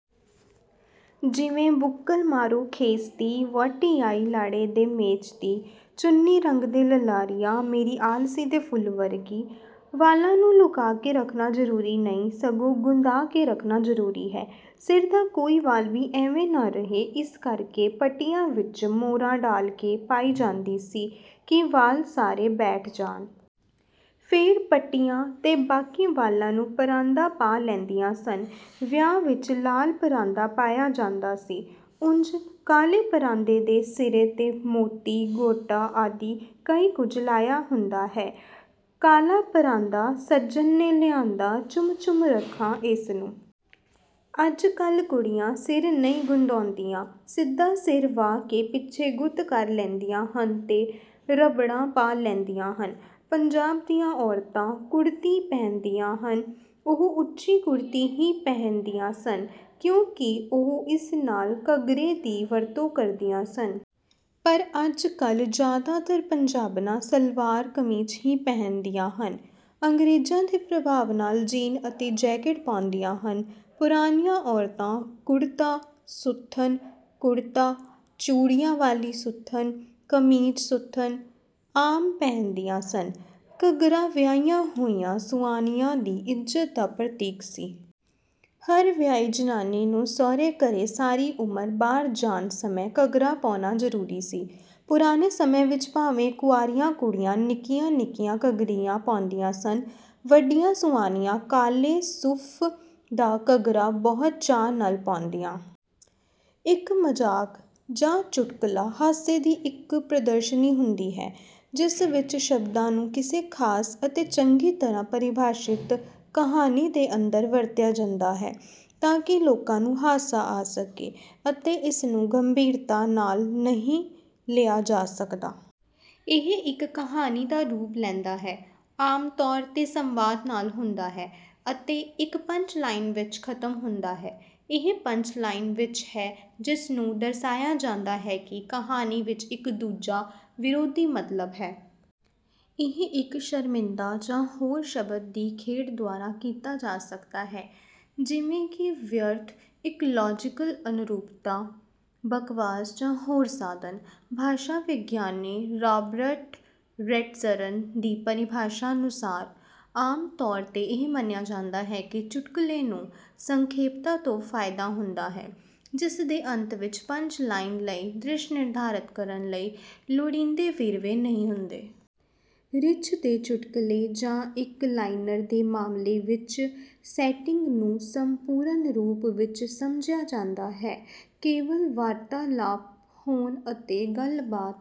ਜਿਵੇਂ: “ਬੁੱਕਲ ਮਾਰੋ ਖੇਸ ਦੀ, ਵਾਹੁੱਟੀ ਆਈ ਲਾੜੇ ਦੇ ਮੇਚ ਦੀ, ਚੁੰਨੀ ਰੰਗਦੇ ਲਲਾਰੀਆ, ਮੇਰੀ ਆਲਸੀ ਦੇ ਫੁੱਲ ਵਰਗੀ।” ਵਾਲਾਂ ਨੂੰ ਲੁਕਾ ਕੇ ਰੱਖਣਾ ਜ਼ਰੂਰੀ ਨਹੀਂ, ਸਗੋਂ ਗੁੰਦਾ ਕੇ ਰੱਖਣਾ ਜ਼ਰੂਰੀ ਹੈ। ਸਿਰ ਦਾ ਕੋਈ ਵਾਲ ਵੀ ਐਂਵੇਂ ਨਾ ਰਹੇ, ਇਸ ਕਰਕੇ ਪੱਟੀਆਂ ਵਿੱਚ ਮੋਰਾ ਢਾਲ ਕੇ ਪਾਈ ਜਾਂਦੀ ਸੀ ਕਿ ਵਾਲ ਸਾਰੇ ਬੈਠ ਜਾਣ। ਫੇਰ ਪੱਟੀਆਂ ’ਤੇ ਬਾਕੀ ਵਾਲਾਂ ਨੂੰ ਪਰਾਂਦਾ ਪਾ ਲੈਂਦੀਆਂ ਸਨ। ਵਿਆਹ ਵਿੱਚ ਲਾਲ ਪਰਾਂਦਾ ਪਾਇਆ ਜਾਂਦਾ ਸੀ। ਉਂਝ ਕਾਲੇ ਪਰਾਂਦੇ ਦੇ ਸਿਰੇ ’ਤੇ ਮੋਤੀ, ਗੋਟਾ ਆਦਿ ਕਈ ਕੁਝ ਲਾਇਆ ਹੁੰਦਾ ਹੈ। “ਕਾਲਾ ਪਰਾਂਦਾ ਸੱਜਣ ਨੇ ਲਿਆਂਦਾ, ਚੁੰਮ-ਚੁੰਮ ਰੱਖਾਂ ਏਸ ਨੂੰ।” ਅੱਜ-ਕੱਲ੍ਹ ਕੁੜੀਆਂ ਸਿਰ ਨਹੀਂ ਗੁੰਦਾਉਂਦੀਆਂ। ਸਿੱਧਾ ਸਿਰ ਵਾਹ ਕੇ ਪਿੱਛੇ ਗੁੱਤ ਕਰ ਲੈਂਦੀਆਂ ਹਨ ਤੇ ਰਬੜਾਂ ਪਾ ਲੈਂਦੀਆਂ ਹਨ। ਪੰਜਾਬ ਦੀਆਂ ਔਰਤਾਂ ਕੁੜਤੀ ਪਹਿਨਦੀਆਂ ਹਨ। ਉਹ ਉੱਚੀ ਕੁੜਤੀ ਹੀ ਪਹਿਨਦੀਆਂ ਸਨ, ਕਿਉਂਕਿ ਉਹ ਇਸ ਨਾਲ ਘੱਗਰੇ ਦੀ ਵਰਤੋਂ ਕਰਦੀਆਂ ਸਨ। ਪਰ ਅੱਜ-ਕੱਲ੍ਹ ਜ਼ਿਆਦਾਤਰ ਪੰਜਾਬਣਾਂ ਸਲਵਾਰ-ਕਮੀਜ਼ ਹੀ ਪਹਿਨਦੀਆਂ ਹਨ। ਅੰਗਰੇਜ਼ਾਂ ਦੇ ਪ੍ਰਭਾਵ ਨਾਲ ਜੀਨ ਅਤੇ ਜੈਕਿਟ ਪਾਉਂਦੀਆਂ ਹਨ। ਪੁਰਾਣੀਆਂ ਔਰਤਾਂ ਕੁੜਤਾ-ਸੁੱਥਣ, ਕੁੜਤਾ, ਚੂੜੀਆਂ ਵਾਲੀ ਸੁੱਥਣ, ਕਮੀਜ਼-ਸੁੱਥਣ ਆਮ ਪਹਿਨਦੀਆਂ ਸਨ। ਘੱਗਰਾ ਵਿਆਹੀਆਂ ਹੋਈਆਂ ਸੁਆਣੀਆਂ ਦੀ ਇੱਜ਼ਤ ਦਾ ਪ੍ਰਤੀਕ ਸੀ। ਹਰ ਵਿਆਹੀ ਜਨਾਨੀ ਨੂੰ ਸਹੁਰੇ ਘਰੋਂ ਸਾਰੀ ਉਮਰ ਬਾਹਰ ਜਾਣ ਸਮੇਂ ਘੱਗਰਾ ਪਾਉਣਾ ਜ਼ਰੂਰੀ ਸੀ। ਪੁਰਾਣੇ ਸਮੇਂ ਵਿੱਚ ਭਾਵੇਂ ਕੁਆਰੀਆਂ ਕੁੜੀਆਂ ਨਿੱਕੀਆਂ-ਨਿੱਕੀਆਂ ਘੱਗਰੀਆਂ ਪਾਉਂਦੀਆਂ ਸਨ। ਵੱਡੀਆਂ ਸੁਆਣੀਆਂ ਕਾਲੇ ਸੂਫ਼ ਦਾ ਘੱਗਰਾ ਬਹੁਤ ਚਾਅ ਨਾਲ ਪਾਉਂਦੀਆਂ। ਇੱਕ ਮਜ਼ਾਕ ਜਾਂ ਚੁਟਕੁਲਾ ਹਾਸੇ ਦੀ ਇੱਕ ਪ੍ਰਦਰਸ਼ਨੀ ਹੁੰਦੀ ਹੈ, ਜਿਸ ਵਿੱਚ ਸ਼ਬਦਾਂ ਨੂੰ ਕਿਸੇ ਖ਼ਾਸ ਅਤੇ ਚੰਗੀ ਤਰ੍ਹਾਂ ਪਰਿਭਾਸ਼ਿਤ ਕਹਾਣੀ ਦੇ ਅੰਦਰ ਵਰਤਿਆ ਜਾਂਦਾ ਹੈ, ਤਾਂ ਕਿ ਲੋਕਾਂ ਨੂੰ ਹਾਸਾ ਆ ਸਕੇ ਅਤੇ ਇਸਨੂੰ ਗੰਭੀਰਤਾ ਨਾਲ ਨਹੀਂ ਲਿਆ ਜਾ ਸਕਦਾ। ਇਹ ਇੱਕ ਕਹਾਣੀ ਦਾ ਰੂਪ ਲੈਂਦਾ ਹੈ, ਆਮ ਤੌਰ ’ਤੇ ਸੰਵਾਦ ਨਾਲ ਹੁੰਦਾ ਹੈ ਅਤੇ ਇੱਕ ਪੰਚ-ਲਾਈਨ ਵਿੱਚ ਖ਼ਤਮ ਹੁੰਦਾ ਹੈ। ਇਹ ਪੰਚ-ਲਾਈਨ ਵਿੱਚ ਹੈ ਜਿਸ ਨੂੰ ਦਰਸਾਇਆ ਜਾਂਦਾ ਹੈ ਕਿ ਕਹਾਣੀ ਵਿੱਚ ਇੱਕ ਦੂਜਾ, ਵਿਰੋਧੀ ਮਤਲਬ ਹੈ। ਇਹ ਇੱਕ ਸ਼ਰਮਿੰਦਾ ਜਾਂ ਹੋਰ ਸ਼ਬਦ ਦੀ ਖੇਡ ਦੁਆਰਾ ਕੀਤਾ ਜਾ ਸਕਦਾ ਹੈ, ਜਿਵੇਂ ਕਿ ਵਿਅਰਥ, ਇੱਕ ਲਾਜ਼ੀਕਲ ਅਨੁਰੂਪਤਾ, ਬਕਵਾਸ ਜਾਂ ਹੋਰ ਸਾਧਨ। ਭਾਸ਼ਾ-ਵਿਗਿਆਨੀ ਰਾਬਰਟ ਹੈਟਜ਼ਰਨ ਦੀ ਪਰਿਭਾਸ਼ਾ ਅਨੁਸਾਰ, ਆਮ ਤੌਰ ’ਤੇ ਇਹ ਮੰਨਿਆ ਜਾਂਦਾ ਹੈ ਕਿ ਚੁਟਕਲੇ ਨੂੰ ਸੰਖੇਪਤਾ ਤੋਂ ਫ਼ਾਇਦਾ ਹੁੰਦਾ ਹੈ, ਜਿਸ ਦੇ ਅੰਤ ਵਿੱਚ ਪੰਚ-ਲਾਈਨ ਲਈ ਦ੍ਰਿਸ਼ ਨਿਰਧਾਰਤ ਕਰਨ ਲਈ ਲੋੜੀਂਦੇ ਵੇਰਵੇ ਨਹੀਂ ਹੁੰਦੇ। ਰਿੱਛ ਦੇ ਚੁਟਕਲੇ ਜਾਂ ਇੱਕ-ਲਾਈਨਰ ਦੇ ਮਾਮਲੇ ਵਿੱਚ, ਸੈਟਿੰਗ ਨੂੰ ਸੰਪੂਰਨ ਰੂਪ ਵਿੱਚ ਸਮਝਿਆ ਜਾਂਦਾ ਹੈ, ਕੇਵਲ ਵਾਰਤਾਲਾਪ ਹੋਣ ਅਤੇ ਗੱਲਬਾਤ...